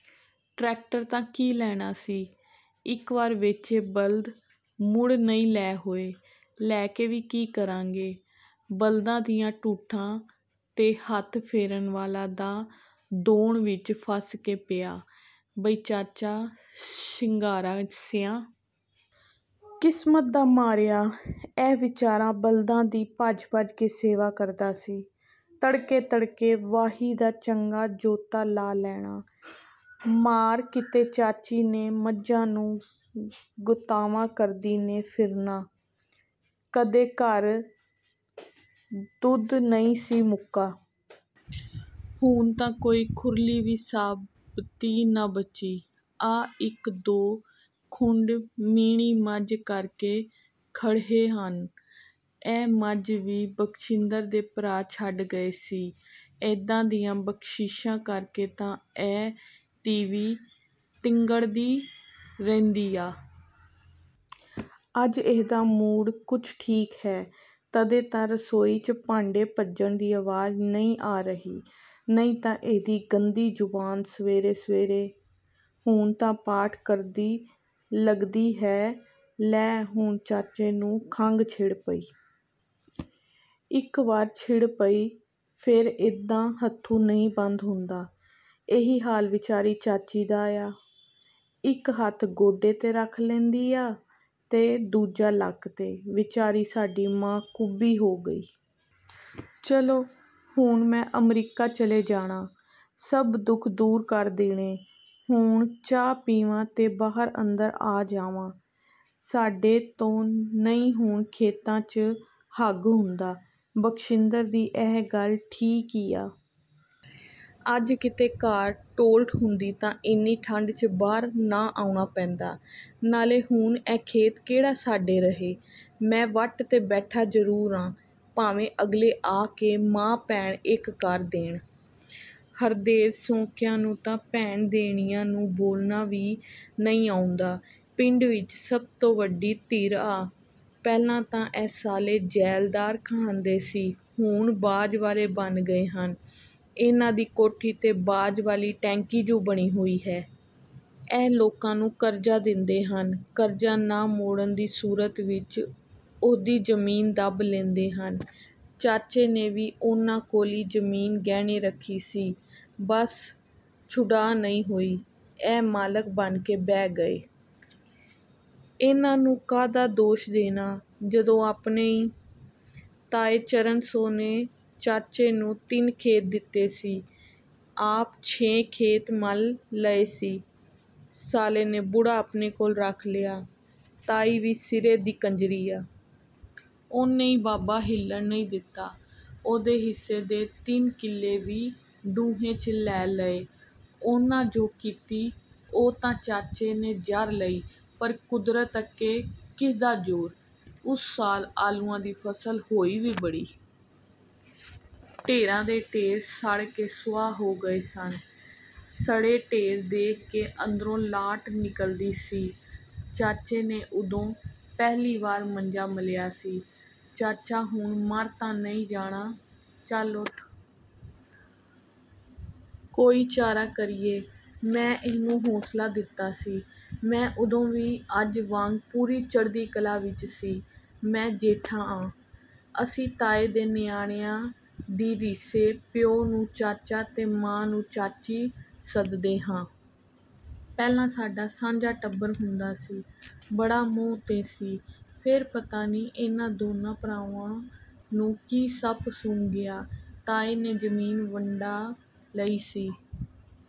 Tractor ਤਾਂ ਕੀ ਲੈਣਾ ਸੀ। ਇੱਕ ਵਾਰ ਵੇਚੇ ਬਲਦ ਮੁੜ ਨਈਂ ਲੈ ਹੋਏ। ਲੈ ਕੇ ਵੀ ਕੀ ਕਰਾਂਗੇ? ਬਲਦਾਂ ਦੀਆਂ ਢੁੱਠਾਂ 'ਤੇ ਹੱਥ ਫੇਰਨ ਵਾਲਾ ਤਾਂ ਦੌਣ ਵਿੱਚ ਫ਼ਸ ਕੇ ਪਿਆ। ਬਈ ਚਾਚਾ ਸ਼ਿੰਗਾਰਾ ਸਿਆਂ। ਕਿਸਮਤ ਦਾ ਮਾਰਿਆ—। " ਇਹ ਵਿਚਾਰਾ ਬਲਦਾਂ ਦੀ ਭੱਜ-ਭੱਜ ਕੇ ਸੇਵਾ ਕਰਦਾ ਸੀ। ਤੜਕੇ-ਤੜਕੇ ਵਾਹੀ ਦਾ ਚੰਗਾ ਜੋਤਾ ਲਾ ਲੈਣਾਂ। ਮਾਰ ਕਿਤੇ ਚਾਚੀ ਨੇ ਮੱਝਾਂ ਨੂੰ ਗੁਤਾਵਾ ਕਰਦੀ ਨੇ ਫਿਰਨਾ। ਕਦੇ ਘਰ ਦੁੱਧ ਨਈਂ ਸੀ ਮੁੱਕਾ। ਹੁਣ ਤਾਂ ਕੋਈ ਖੁਰਲੀ ਵੀ ਸਾਬਤੀ ਨਾ ਬਚੀ। ਆਹ ਇੱਕ ਦੋ ਖੁੰਢ ਮੀਣੀ ਮੱਝ ਕਰਕੇ ਖੜ੍ਹ੍ਹੇ ਹਨ। ਇਹ ਮੱਝ ਵੀ ਬਖਸ਼ਿੰਦਰ ਦੇ ਭਰਾ ਛੱਡ ਗਏ ਸੀ। ਐਦਾਂ ਦੀਆਂ 'ਬਖ਼ਸ਼ਿਸ਼ਾਂ' ਕਰਕੇ ਤਾਂ ਇਹ ਤੀਵੀਂ ਤੀਂਗੜ੍ਹਦੀ ਰਹਿੰਦੀ ਆ। ਅੱਜ ਇਹਦਾ ਮੂਡ ਕੁੱਛ ਠੀਕ ਹੈ। ਤਦੇ ਤਾਂ ਰਸੋਈ 'ਚ ਭਾਂਡੇ ਭੰਨਣ ਦੀ ਆਵਾਜ਼ ਨਈਂ ਆ ਰਹੀ। ਨਈਂ ਤਾਂ ਇਹਦੀ ਗੰਦੀ ਜ਼ੁਬਾਨ ਸਵੇਰੇ-ਸਵੇਰੇ…। ਹੁਣ ਤਾਂ ਪਾਠ ਕਰਦੀ ਲਗਦੀ ਹੈ। ਲੈ ਹੁਣ ਚਾਚੇ ਨੂੰ ਖੰਘ ਛਿੜ ਪਈ। ਇੱਕ ਵਾਰ ਛਿੜ ਪਈ, ਫ਼ੇਰ ਇ੍ਹਦਾ ਹੁੱਥੂ ਨਈਂ ਬੰਦ ਹੁੰਦਾ। ਏਹੀ ਹਾਲ ਵਿਚਾਰੀ ਚਾਚੀ ਦਾ ਆ। ਇੱਕ ਹੱਥ ਗੋਡੇ 'ਤੇ ਰੱਖ ਲੈਂਦੀ ਆ ਤੇ ਦੂਜਾ ਲੱਕ 'ਤੇ। ਵਿਚਾਰੀ ਸਾਡੀ ਮਾਂ ਕੁੱਬੀ ਹੋ ਗਈ! ਚਲੋ… ਹੁਣ ਮੈਂ ਅਮਰੀਕਾ ਚਲੇ ਜਾਣਾ। ਸੱਭ ਦੁੱਖ ਦੂਰ ਕਰ ਦੇਣੇ। ਹੁਣ ਚਾਹ ਪੀਵਾਂ ਤੇ ਬਾਹਰ-ਅੰਦਰ ਜਾ ਆਵਾਂ। "ਸਾਡੇ ਤੋਂ ਨਈਂ ਹੁਣ ਖੇਤਾਂ 'ਚ ਹੱਗ ਹੁੰਦਾ। " ਬਖਸ਼ਿੰਦਰ ਦੀ ਇਹ ਗੱਲ ਠੀਕ ਈ ਆ। ਅੱਜ ਕਿਤੇ ਘਰ ਟੋਲਟ ਹੁੰਦੀ ਤਾਂ ਐਨੀ ਠੰਢ 'ਚ ਬਾਹਰ ਨਾ ਆਉਣਾ ਪੈਂਦਾ। ਨਾਲੇ ਹੁਣ ਇਹ ਖੇਤ ਕਿਹੜਾ ਸਾਡੇ ਰਹੇ। ਮੈਂ ਵੱਟ ਤੇ ਬੈਠਾ ਜ਼ਰੂਰ ਆਂ। ਭਾਵੇਂ ਅਗਲੇ ਆ ਕੇ ਮਾਂ ਭੈਣ ਇੱਕ ਕਰ ਦੇਣ। ਹਰਦੇਵ ਸੁੰਹ ਕਿਆਂ ਨੂੰ ਤਾਂ ਭੈਣ ਦੇਣਿਆਂ ਨੂੰ ਬੋਲਣਾ ਵੀ ਨਈਂ ਆਉਂਦਾ। ਪਿੰਡ ਵਿੱਚ ਸੱਭ ਤੋਂ ਵੱਡੀ ਧਿਰ ਆ। ਪਹਿਲਾਂ ਤਾਂ ਇਹ ਸਾਲੇ ਜ਼ੈਲਦਾਰ ਕਹਾਂਦੇ ਸੀ, ਹੁਣ ਬਾਜ਼ ਵਾਲੇ ਬਣ ਗਏ ਹਨ। ਇਨ੍ਹਾਂ ਦੀ ਕੋਠੀ 'ਤੇ ਬਾਜ਼ ਵਾਲੀ ਟੈਂਕੀ ਜੂੰ ਬਣੀ ਹੋਈ ਹੈ। ਇਹ ਲੋਕਾਂ ਨੂੰ ਕਰਜ਼ਾ ਦਿੰਦੇ ਹਨ। ਕਰਜ਼ਾ ਨਾ ਮੋੜਨ ਦੀ ਸੂਰਤ ਵਿਚ, ਉਹਦੀ ਜ਼ਮੀਨ ਦੱਬ ਲੈਂਦੇ ਹਨ। ਚਾਚੇ ਨੇ ਵੀ ਇਨ੍ਹਾਂ ਕੋਲ ਈ ਜ਼ਮੀਨ ਗਹਿਣੇ ਰੱਖੀ ਸੀ। ਬੱਸ ਛੁਡਾ ਨਈਂ ਹੋਈ। ਇਹ ਮਾਲਕ ਬਣ ਕੇ ਬਹਿ ਗਏ। ਇਨ੍ਹਾਂ ਨੂੰ ਕਾਹਦਾ ਦੋਸ਼ ਦੇਣਾ। ਜਦੋਂ ਆਪਣੇ ਈ…! ਤਾਏ ਚਰਨ ਸੁੰਹ ਨੇ ਚਾਚੇ ਨੂੰ ਤਿੰਨ ਖੇਤ ਦਿੱਤੇ ਸੀ। ਆਪ ਛੇ ਖੇਤ ਮੱਲ ਲਏ ਸੀ। ਸਾਲੇ ਨੇ ਬੁੜਾ ਆਪਣੇ ਕੋਲ ਰੱਖ ਲਿਆ। ਤਾਈ ਵੀ ਸਿਰੇ ਦੀ ਕੰਜ਼ਰੀ ਆ। ਉਹਨੇ ਈ ਬਾਬਾ ਹਿੱਲਣ ਨਈਂ ਦਿੱਤਾ। ਉਹਦੇ ਹਿੱਸੇ ਦੇ ਤਿੰਨ ਕਿੱਲੇ ਵੀ ਢੂਹੇ 'ਚ ਲੈ ਲਏ। ਉਹਨਾਂ ਜੋ ਕੀਤੀ, ਉਹ ਤਾਂ ਚਾਚੇ ਨੇ ਜ਼ਰ ਲਈ। ਪਰ ਕੁਦਰਤ ਅੱਗੇ ਕਿਹਦਾ ਜ਼ੋਰ। ਉਸ ਸਾਲ ਆਲੂਆਂ ਦੀ ਫ਼ਸਲ ਹੋਈ ਵੀ ਬੜੀ। ਢੇਰਾਂ ਦੇ ਢੇਰ ਸੜ ਕੇ ਸੁਆਹ ਹੋ ਗਏ ਸਨ। ਸੜੇ ਢੇਰ ਦੇਖ ਕੇ ਅੰਦਰੋਂ ਲਾਟ ਨਿਕਲਦੀ ਸੀ। ਚਾਚੇ ਨੇ ਉਦੋਂ, ਪਹਿਲੀ ਵਾਰ ਮੰਜਾ ਮੱਲਿਆ ਸੀ। "ਚਾਚਾ ਹੁਣ ਮਰ ਤਾਂ ਨਈਂ ਜਾਣਾ।… ਚੱਲ ਉੱਠ। ਕੋਈ ਚਾਰਾ ਕਰੀਏ। " ਮੈਂ ਇਹਨੂੰ ਹੌਂਸਲਾ ਦਿੱਤਾ ਸੀ। ਮੈਂ ਉਦੋਂ ਵੀ ਅੱਜ ਵਾਂਗ ਪੂਰੀ ਚੜ੍ਹਦੀ ਕਲਾ ਵਿੱਚ ਸੀ। ਮੈਂ ਜੇਠਾ ਆਂ। ਅਸੀਂ ਤਾਏ ਦੇ ਨਿਆਣਿਆਂ ਦੀ ਰੀਸੇ ਪਿਓ ਨੂੰ ਚਾਚਾ ਤੇ ਮਾਂ ਨੂੰ ਚਾਚੀ ਸੱਦਦੇ ਹਾਂ। ਪਹਿਲਾਂ ਸਾਡਾ ਸਾਂਝਾ ਟੱਬਰ ਹੁੰਦਾ ਸੀ। ਬੜਾ ਮੋਹ ਤੇਹ ਸੀ। ਫ਼ੇਰ ਪਤਾ ਨਈਂ ਇਨ੍ਹਾਂ ਦੋਨਾਂ ਭਰਾਵਾਂ ਨੂੰ ਕੀ ਸੱਪ ਸੁੰਘ ਗਿਆ। ਤਾਏ ਨੇ ਜ਼ਮੀਨ ਵੰਡਾ ਲਈ ਸੀ।